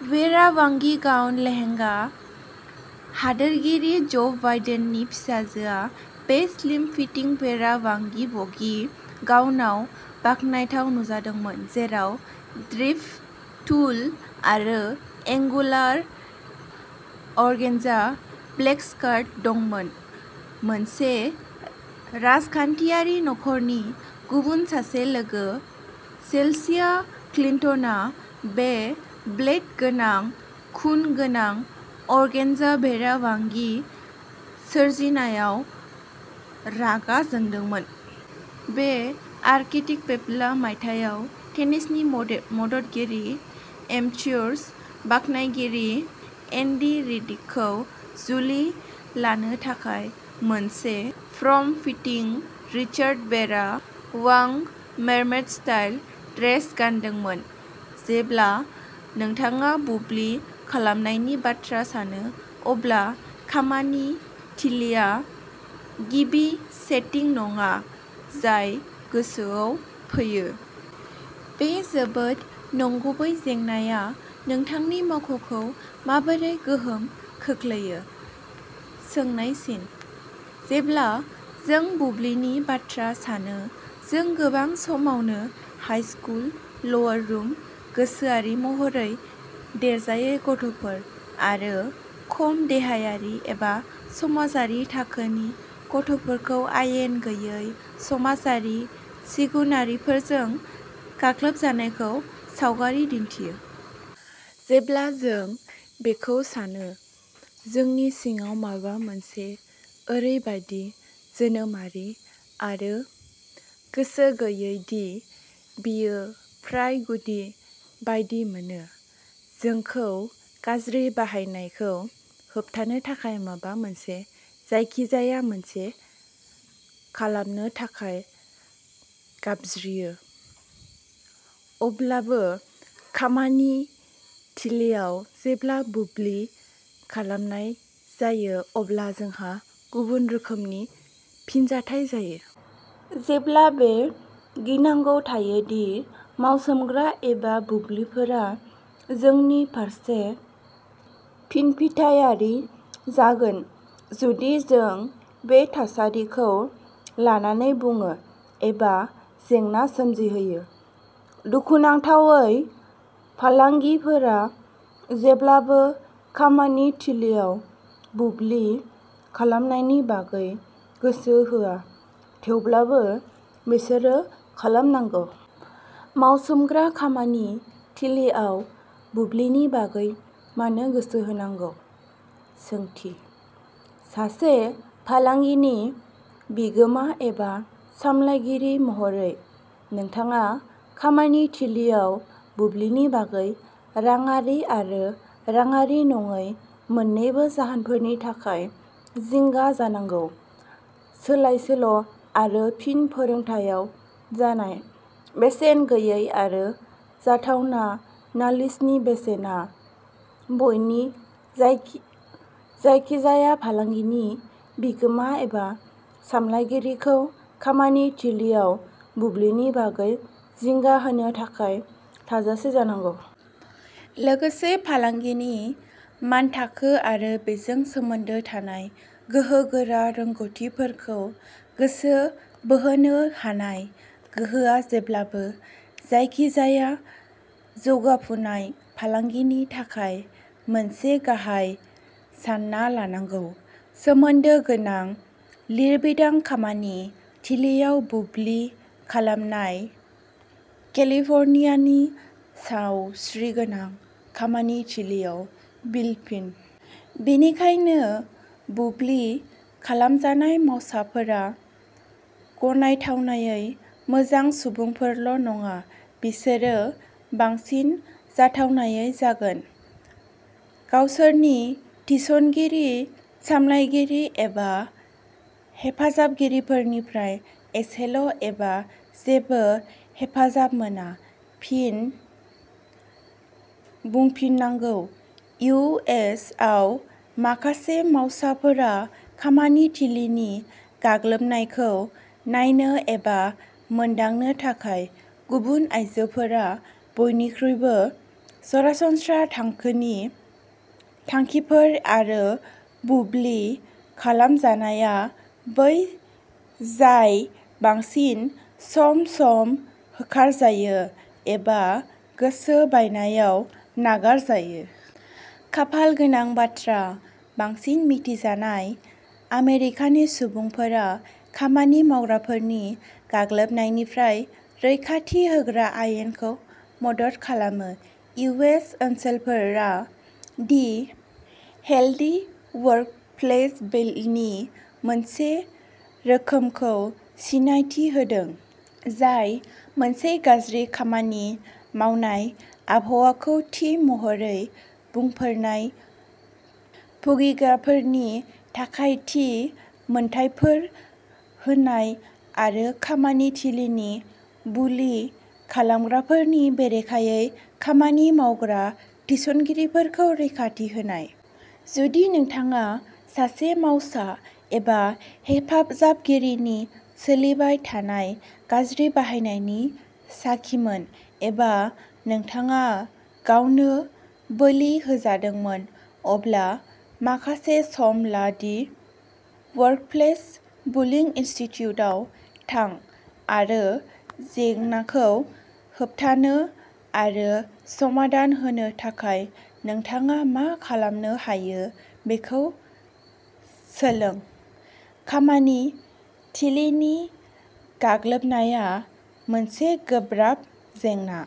Vera Wang gown लेनङाइ हादोरगिरि ज'बाइडेननि फिसाजोआ बे स्लिम-फिटिं भेरा वांगि बोगी गाउनआव बाखनायथाव नुजादोंमोन, जेराव ड्रेपड ट्युल आरो एनगुलार अर्गेन्जा ब्लेड स्कार्ट दंमोन। मोनसे राजखान्थियारि नखरनि गुबुन सासे लोगो, चेल्सिया क्लिन्टनआ, बे बेल्ट गोनां, खुन गोनां अर्गेन्जा भेरा वांगि सोरजिनायाव रागा जोंदोंमोन। बे आरकेटिपिपाला मायथाइयाव टेनिसनि मदे- मददगिरि एमेच'र बाख्नायगिरि एन्डि रडिखौ जुलि लानो थाखाय मोनसे form fitting, ruched Vera Wang mermaid style dress गानदोंमोन। जेब्ला नोंथाङा बुब्लि खालामनायनि बाथ्रा सानो, अब्ला खामानि थिलिआ गिबि सेटिं नङा जाय गोसोआव फैयो। बे जोबोद नंगुबै जेंनाया नोंथांनि मावख'खौ माबोरै गोहोम खोख्लैयो? जेब्ला जों बुब्लिनि बाथ्रा सानो, जों गोबां समावनो हाइ स्कुल लवार रुम, गोसोआरि महरै देरजायै गथ'फोर, आरो खम देहायारि एबा समाजारि थाखोनि गथ'फोरखौ आयेन गैयै समाजारि सिगुनारिफोरजों गाग्लोबजानायखौ सावगारि दिन्थियो। जेब्ला जों बेखौ सानो, जोंनि सिङाव माबा मोनसे, ओरैबादि जोनोमारि आरो गोसो गैयै दि बेयो फ्राय गुदि बायदि मोनो, जोंखौ गाज्रि बाहायनायखौ होबथानो थाखाय माबा मोनसे, जायखिजाया मोनसे खालामनो थाखाय गाबज्रियो। अब्लाबो, खामानि थिलिआव, जेब्ला बुब्लि खालामनाय जायो, अब्ला जोंहा गुबुन रोखोमनि फिनजाथाय जायो। जेब्लाबो बे गिनांगौ थायो दि मावसोमग्रा एबा बुल्लिफोरा जोंनि फारसे फिनफिथायारि जागोन जुदि जों बे थासारिखौ लानानै बुङो एबा जेंना सोमजिहोयो। दुखुनांथावै फालांगिफोरा जेब्लाबो खामानि थिलिआव बुब्लि खालामनायनि बागै गोसो होआ, थेवब्लाबो बिसोरनो खालामनांगौ। मावसोमग्रा खामानि थिलिआव बुब्लिनि बागै मानो गोसो होनांगौ? सासे फालांगिनि बिगोमा एबा सामलायगिरि महरै, नोंथाङा खामानि थिलिआव बुब्लिनि बागै राङारि आरो राङारि नङै मोननैबो जाहोनफोरनि थाखाय जिंगा जानांगौ। सोलायसोल' आरो फिन-फोरोंथायाव जानाय बेसेन, गैयै आरो जाथावना नालिसनि बेसेना बयनि जायखि-जायखिजाया फालांगिनि बिगोमा एबा सामलायगिरिखौ खामानि थिलिआव बुब्लिनि बागै जिंगा होनो थाखाय थोजासे जानांगौ। लोगोसे, फालांगिनि मानथाखो आरो बेजों सोमोन्दो थानाय गोहो गोरा रोंग'थिफोरखौ गोसो बोहोनो हानाय गोहोआ जेब्लाबो जायखिजाया जौगाफुनाय फालांगिनि थाखाय मोनसे गाहाय सानना लानांगौ। सोमोन्दो गोनां लिरबिदां खामानि थिलिआव बुब्लि खालामनाय केलिफर्नियानि सावस्रिगोनां खामानि थिलिआव बिल फिन? बेनिखायनो बुब्लि खालामजानाय मावसाफोरा गनायथावनायै मोजां सुबुंफोरल' नङा, बिसोरो बांसिन जाथावनायै जागोन। गावसोरनि थिसनगिरि, सामलायगिरि एबा हेफाजाबगिरिफोरनिफ्राय एसेल' एबा जेबो हेफाजाब मोना। फिन बुंफिननांगौ इउ. एस. आव माखासे मावसाफोरा खामानि थिलिनि गाग्लोबनायखौ नायनो एबा मोनदांनो थाखाय गुबुन, आइजोफोरा बयनिख्रुइबो सरासनस्रा थांखिनि थांखिफोर, आरो बुब्लि खालामजानाया बै जाय बांसिन सम-सम होखारजायो एबा गोसो बायनायाव नागारजायो। खाफाल गोनां बाथ्रा, बांसिन मिथिजानाय आमेरिकानि सुबुंफोरा खामानि मावग्राफोरनि गाग्लोबनायनिफ्राय रैखाथि होग्रा आयेनखौ मदद खालामो। इउ. एस. ओनसोलफोरा दि हेल्दि वर्कप्लेस बिल नि मोनसे रोखोमखौ सिनायथि होदों, जाय मोनसे गाज्रि खामानि मावनाय आबहावाखौ थि महरै बुंफोरनाय भुगिग्राफोरनि थाखाय थि मोनथायफोर होनाय आरो खामानि थिलिनि बुलिं खालामग्राफोरनि बेरेखायै खामानि मावग्रा थिसनगिरिफोरखौ रैखाथि होनाय। जुदि नोंथाङा सासे मावसा एबा हेफाजाबगिरिनि सोलिबाय थानाय गाज्रि बाहायनायनि साखिमोन, एबा नोंथाङा गावनो बोलि होजादोंमोन, अब्ला माखासे सम ला दि वर्कप्लेस बुलिं इनस्टिटिउटआव थां आरो जेंनाखौ होबथानो आरो समाधान होनो थाखाय नोंथाङा मा खालामनो हायो बेखौ सोलों। खामानि थिलिनि गाग्लोबनाया मोनसे गोब्राब जेंना।